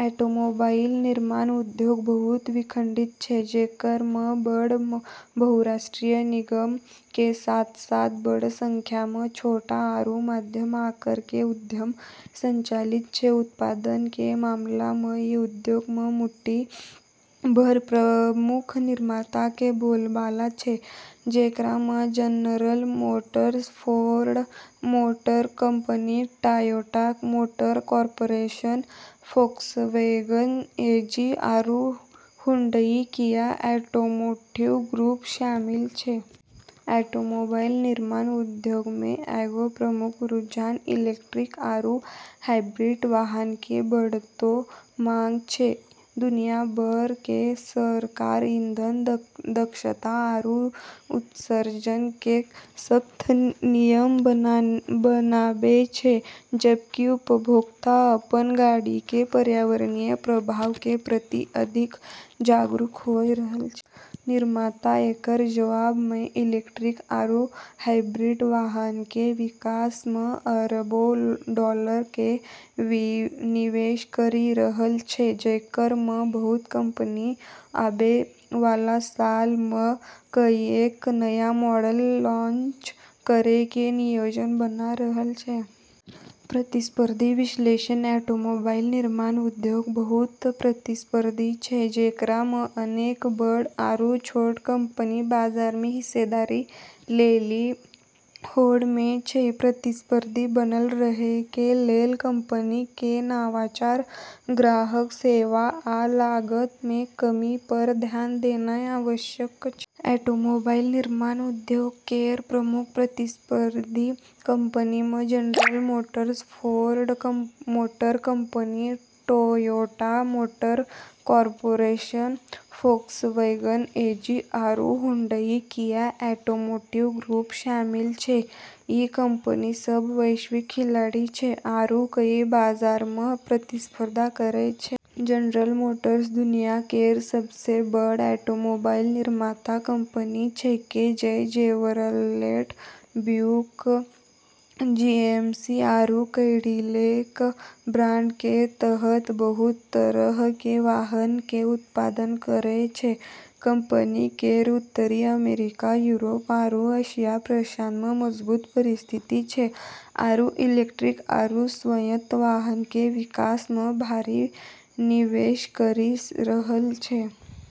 Automobile निर्माण उद्योग बहुत विखंडित छै, जेकर म॑ बड़ऽ बहुराष्ट्रीय निगमऽ के साथ-साथ बड़ऽ संख्या म॑ छोटऽ आरू मध्यम आकार के उद्यम संचालित छै। उत्पादन के मामला म॑ ई उद्योग म॑ मुट्ठी भर प्रमुख निर्माता के बोलबाला छै, जेकरा म॑ General Motors, Ford Motor Company, Toyota Motor Corporation, Volkswagen AG, आरू हुंडई-किया ऑटोमोटिव ग्रुप शामिल छै। ऑटोमोबाइल निर्माण उद्योग मँ एगो प्रमुख रुझान इलेक्ट्रिक आरू हाइब्रिड वाहन के बढ़तौ मांग छै। दुनिया भर के सरकार ईंधन दक्षता आरू उत्सर्जन के सख्त नियम बनाबै छै, जबकि उपभोक्ता अपनऽ गाड़ी के पर्यावरणीय प्रभाव के प्रति अधिक जागरूक होय रहलऽ छै। निर्माता एकरऽ जवाब म॑ इलेक्ट्रिक आरू हाइब्रिड वाहन के विकास म॑ अरबों डॉलर के विनिवेश करी रहलऽ छै, जेकरा म॑ बहुत कंपनी आबै वाला सालऽ म॑ कईएक नया मॉडल लॉन्च करै के योजना बना रहलऽ छै। प्रतिस्पर्धी विश्लेषण: ऑटोमोबाइल निर्माण उद्योग बहुत प्रतिस्पर्धी छै, जेकरा म॑ अनेक बड़ऽ आरू छोटऽ कंपनी बाजार म॑ हिस्सेदारी लेली होड़ म॑ छै। प्रतिस्पर्धी बनल रहय कें लेल कंपनीक कें नवाचार, ग्राहक सेवा, आ लागत मे कमी पर ध्यान देनाय आवश्यक छै. ऑटोमोबाइल निर्माण उद्योग केरऽ प्रमुख प्रतिस्पर्धी कंपनी म॑ General Motors, Ford Motor Company, Toyota Motor Corporation, Volkswagen AG, आरू हुंडई-किया ऑटोमोटिव ग्रुप शामिल छै। ई कंपनी सब वैश्विक खिलाड़ी छै आरू कई बाजारऽ म॑ प्रतिस्पर्धा करै छै। जनरल मोटर्स दुनिया केरऽ सबसें बड़ऽ ऑटोमोबाइल निर्माता कंपनी छेकै, जे जेवरलेट, ब्यूक, जीएमसी, आरू कैडिलैक ब्रांड के तहत बहुत तरह के वाहन के उत्पादन करै छै। कंपनी केरऽ उत्तरी अमेरिका, यूरोप, आरू एशिया-प्रशांत म॑ मजबूत परिस्थिति छै, आरू इलेक्ट्रिक आरू स्वायत्त वाहन के विकास म॑ भारी निवेश करी रहलऽ छै।